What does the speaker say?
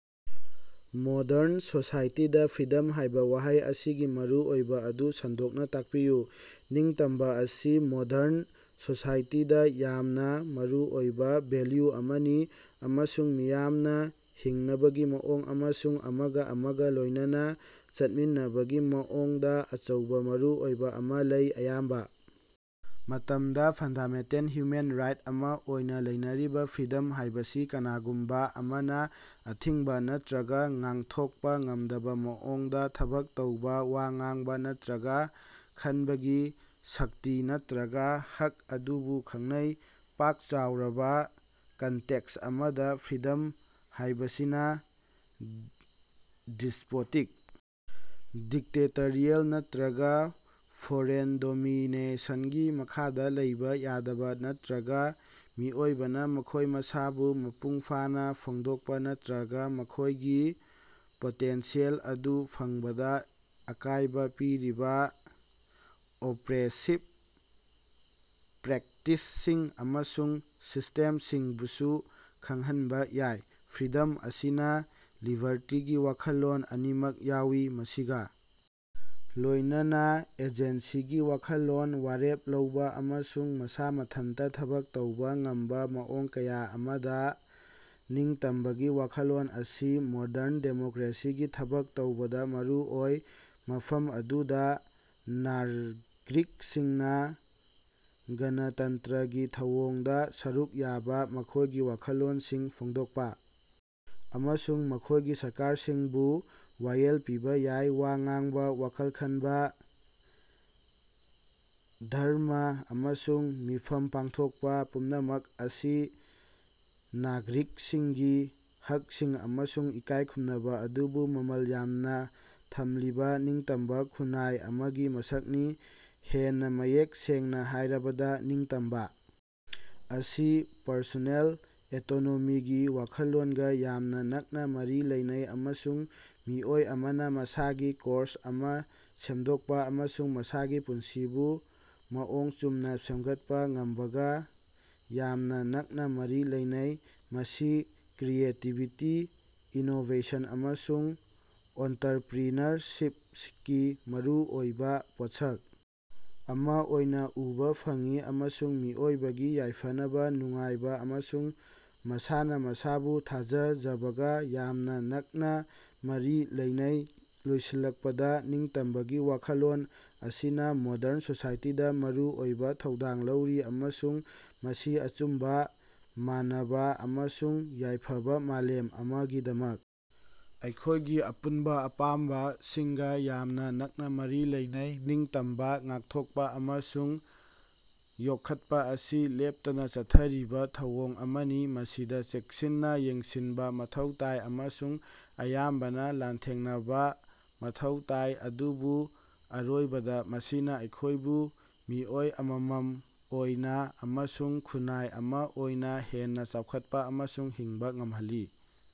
Modern ꯁꯣꯁꯥꯏꯇꯤꯗꯥ freedom ꯍꯥꯏꯕ ꯋꯥꯍꯩ ꯑꯁꯤꯒꯤ ꯃꯔꯨꯑꯣꯏꯕ ꯑꯗꯨ ꯁꯟꯗꯣꯛꯅ ꯇꯥꯛꯄꯤꯌꯨ꯫ ꯅꯤꯡꯇꯝꯕ ꯑꯁꯤ ꯃꯣꯗ꯭ꯔꯟ ꯁꯣꯁꯥꯏꯇꯤꯗꯥ ꯌꯥꯝꯅ ꯃꯔꯨꯑꯣꯏꯕ ꯚꯦꯂ꯭ꯌꯨ ꯑꯃꯅꯤ, ꯑꯃꯁꯨꯡ ꯃꯤꯌꯥꯝꯅ ꯍꯤꯡꯅꯕꯒꯤ ꯃꯑꯣꯡ ꯑꯃꯁꯨꯡ ꯑꯃꯒꯥ ꯑꯃꯒꯥ ꯂꯣꯏꯅꯅꯥ ꯆꯠꯃꯤꯟꯅꯕꯒꯤ ꯃꯑꯣꯡꯗ ꯑꯆꯧꯕ ꯃꯔꯨꯑꯣꯏꯕ ꯑꯃ ꯂꯩ꯫ ꯑꯌꯥꯝꯕ ꯃꯇꯝꯗ ꯐꯟꯗꯥꯃꯦꯟꯇꯦꯜ ꯍ꯭ꯌꯨꯃꯦꯟ ꯔꯥꯏꯠ ꯑꯃ ꯑꯣꯏꯅ ꯂꯧꯅꯔꯤꯕ ꯐ꯭ꯔꯤꯗꯝ ꯍꯥꯏꯕꯁꯤ ꯀꯅꯥꯒꯨꯝꯕ ꯑꯃꯅ ꯑꯊꯤꯡꯕ ꯅꯠꯇꯔꯒ ꯉꯥꯛꯊꯣꯛꯄ ꯉꯝꯗꯕ ꯃꯑꯣꯡꯗ ꯊꯕꯛ ꯇꯧꯕ, ꯋꯥ ꯉꯥꯡꯕ ꯅꯠꯇꯔꯒ ꯈꯟꯕꯒꯤ ꯁꯛꯇꯤ ꯅꯠꯇꯔꯒ ꯍꯛ ꯑꯗꯨꯕꯨ ꯈꯪꯅꯩ꯫ ꯄꯥꯛ-ꯆꯥꯎꯔꯕ ꯀꯟꯇꯦꯛꯁ ꯑꯃꯗ, ꯐ꯭ꯔꯤꯗꯝ ꯍꯥꯏꯕꯁꯤꯅ ꯗꯤꯁ꯭ꯄꯣꯇꯤꯛ, ꯗꯤꯛꯇꯦꯇꯔꯤꯌꯦꯜ ꯅꯠꯇꯔꯒ ꯐꯣꯔꯦꯟ ꯗꯣꯃꯤꯅꯦꯁꯟꯒꯤ ꯃꯈꯥꯗ ꯂꯩꯕ ꯌꯥꯗꯕ ꯅꯠꯇꯔꯒ ꯃꯤꯑꯣꯏꯕꯅ ꯃꯈꯣꯏ ꯃꯁꯥꯕꯨ ꯃꯄꯨꯡꯐꯥꯅ ꯐꯣꯡꯗꯣꯛꯄ ꯅꯠꯇꯔꯒ ꯃꯈꯣꯏꯒꯤ ꯄꯣꯇꯦꯟꯁꯤꯑꯦꯜ ꯑꯗꯨ ꯐꯪꯕꯗ ꯑꯀꯥꯏꯕ ꯄꯤꯔꯤꯕ ꯑꯣꯄ꯭ꯔꯦꯁꯤꯚ ꯄ꯭ꯔꯦꯛꯇꯤꯁꯁꯤꯡ ꯑꯃꯁꯨꯡ ꯁꯤꯁꯇꯦꯝꯁꯤꯡꯕꯨꯁꯨ ꯈꯪꯍꯟꯕ ꯌꯥꯏ꯫ ꯐ꯭ꯔꯤꯗꯝ ꯑꯁꯤꯅ ꯂꯤꯕꯔꯇꯤꯒꯤ ꯋꯥꯈꯜꯂꯣꯟ ꯑꯅꯤꯃꯛ ꯌꯥꯎꯏ, ꯃꯁꯤꯒ ꯂꯣꯏꯅꯅꯥ ꯑꯦꯖꯦꯟꯁꯤꯒꯤ ꯋꯥꯈꯜꯂꯣꯟ ꯋꯥꯔꯦꯞ ꯂꯧꯕ ꯑꯃꯁꯨꯡ ꯃꯁꯥ ꯃꯊꯟꯇ ꯊꯕꯛ ꯇꯧꯕ ꯉꯝꯕ ꯃꯑꯣꯡ ꯀꯌꯥ ꯑꯃꯗ, ꯅꯤꯡꯇꯝꯕꯒꯤ ꯋꯥꯈꯜꯂꯣꯟ ꯑꯁꯤ ꯃꯣꯗꯔꯟ ꯗꯦꯃꯣꯀ꯭ꯔꯦꯁꯤꯒꯤ ꯊꯕꯛ ꯇꯧꯕꯗ ꯃꯔꯨ ꯑꯣꯏ, ꯃꯐꯝ ꯑꯗꯨꯗ ꯅꯥꯒꯔꯤꯛꯁꯤꯡꯅ ꯒꯅꯇꯟꯇꯔꯒꯤ ꯊꯧꯑꯣꯡꯗ ꯁꯔꯨꯛ ꯌꯥꯕ, ꯃꯈꯣꯏꯒꯤ ꯋꯥꯈꯜꯂꯣꯟꯁꯤꯡ ꯐꯣꯡꯗꯣꯛꯄ ꯑꯃꯁꯨꯡ ꯃꯈꯣꯏꯒꯤ ꯁꯔꯀꯥꯔꯁꯤꯡꯕꯨ ꯋꯥꯌꯦꯜ ꯄꯤꯕ ꯌꯥꯏ꯫ ꯋꯥ ꯉꯥꯡꯕ, ꯋꯥꯈꯜ ꯈꯟꯕ, ꯙꯔꯝꯃ ꯑꯃꯁꯨꯡ ꯃꯤꯐꯝ ꯄꯥꯡꯊꯣꯛꯄ ꯄꯨꯝꯅꯃꯛ ꯑꯁꯤ ꯅꯥꯒꯔꯤꯛꯁꯤꯡꯒꯤ ꯍꯛꯁꯤꯡ ꯑꯃꯁꯨꯡ ꯏꯀꯥꯏꯈꯨꯝꯅꯕ ꯑꯗꯨꯕꯨ ꯃꯃꯜ ꯌꯥꯝꯅ ꯊꯝꯂꯤꯕ ꯅꯤꯡꯇꯝꯕ ꯈꯨꯟꯅꯥꯏ ꯑꯃꯒꯤ ꯃꯁꯛꯅꯤ꯫ ꯍꯦꯟꯅ ꯃꯌꯦꯛ ꯁꯦꯡꯅ ꯍꯥꯏꯔꯕꯗ, ꯅꯤꯡꯇꯝꯕ ꯑꯁꯤ ꯄꯔꯁꯣꯅꯦꯜ ꯑꯇꯣꯅꯣꯃꯤꯒꯤ ꯋꯥꯈꯜꯂꯣꯟꯒ ꯌꯥꯝꯅ ꯅꯛꯅ ꯃꯔꯤ ꯂꯩꯅꯩ, ꯑꯃꯁꯨꯡ ꯃꯤꯑꯣꯏ ꯑꯃꯅ ꯃꯁꯥꯒꯤ ꯀꯣꯔꯁ ꯑꯃ ꯁꯦꯝꯗꯣꯛꯄ ꯑꯃꯁꯨꯡ ꯃꯁꯥꯒꯤ ꯄꯨꯟꯁꯤꯕꯨ ꯃꯑꯣꯡ ꯆꯨꯝꯅ ꯁꯦꯝꯒꯠꯄ ꯉꯝꯕꯒ ꯌꯥꯝꯅ ꯅꯛꯅꯥ ꯃꯔꯤ ꯂꯩꯅꯩ꯫ ꯃꯁꯤ ꯀ꯭ꯔꯤꯌꯦꯇꯤꯕꯤꯇꯤ, ꯏꯅꯣꯕꯦꯁꯟ, ꯑꯃꯁꯨꯡ ꯑꯣꯟꯇꯔꯄ꯭ꯔꯤꯅꯔꯁꯤꯞꯀꯤ ꯃꯔꯨꯑꯣꯏꯕ ꯄꯣꯠꯁꯛ ꯑꯃ ꯑꯣꯏꯅ ꯎꯕꯥ ꯐꯪꯏ, ꯑꯃꯁꯨꯡ ꯃꯤꯑꯣꯏꯕꯒꯤ ꯌꯥꯏꯐꯅꯕ, ꯅꯨꯡꯉꯥꯏꯕ ꯑꯃꯁꯨꯡ ꯃꯁꯥꯅ ꯃꯁꯥꯕꯨ ꯊꯥꯖꯖꯕꯒ ꯌꯥꯝꯅ ꯅꯛꯅ ꯃꯔꯤ ꯂꯩꯅꯩ꯫ ꯂꯣꯏꯁꯤꯜꯂꯛꯄꯗ, ꯅꯤꯡꯇꯝꯕꯒꯤ ꯋꯥꯈꯜꯂꯣꯟ ꯑꯁꯤꯅ ꯃꯣꯗ꯭ꯔꯟ ꯁꯣꯁꯥꯏꯇꯤꯗ ꯃꯔꯨꯑꯣꯏꯕ ꯊꯧꯗꯥꯡ ꯂꯧꯔꯤ, ꯑꯃꯁꯨꯡ ꯃꯁꯤ ꯑꯆꯨꯝꯕ, ꯃꯥꯟꯅꯕ ꯑꯃꯁꯨꯡ ꯌꯥꯏꯐꯕꯥ ꯃꯥꯂꯦꯝ ꯑꯃꯒꯤꯗꯃꯛ ꯑꯩꯈꯣꯏꯒꯤ ꯑꯄꯨꯟꯕ ꯑꯄꯥꯝꯕꯁꯤꯡꯒ ꯌꯥꯝꯅ ꯅꯛꯅꯥ ꯃꯔꯤ ꯂꯩꯅꯩ꯫ ꯅꯤꯡꯇꯝꯕꯥ ꯉꯥꯛꯊꯣꯛꯄ ꯑꯃꯁꯨꯡ ꯌꯣꯛꯈꯠꯄ ꯑꯁꯤ ꯂꯦꯞꯇꯅꯥ ꯆꯠꯊꯔꯤꯕ ꯊꯧꯑꯣꯡ ꯑꯃꯅꯤ ꯃꯁꯤꯗ ꯆꯦꯛꯁꯤꯟꯅ ꯌꯦꯡꯁꯤꯟꯕ ꯃꯊꯧ ꯇꯥꯏ, ꯑꯃꯁꯨꯡ ꯑꯌꯥꯝꯕꯅ, ꯂꯥꯟꯊꯦꯡꯅꯕꯥ ꯃꯊꯧ ꯇꯥꯏ, ꯑꯗꯨꯕꯨ ꯑꯔꯣꯏꯕꯗ ꯃꯁꯤꯅ ꯑꯩꯈꯣꯏꯕꯨ ꯃꯤꯑꯣꯏ ꯑꯃꯃꯝ ꯑꯣꯏꯅ ꯑꯃꯁꯨꯡ ꯈꯨꯟꯅꯥꯏ ꯑꯃ ꯑꯣꯏꯅ ꯍꯦꯟꯅ ꯆꯥꯎꯈꯠꯄ ꯑꯃꯁꯨꯡ ꯍꯤꯡꯕ ꯉꯝꯍꯜꯂꯤ꯫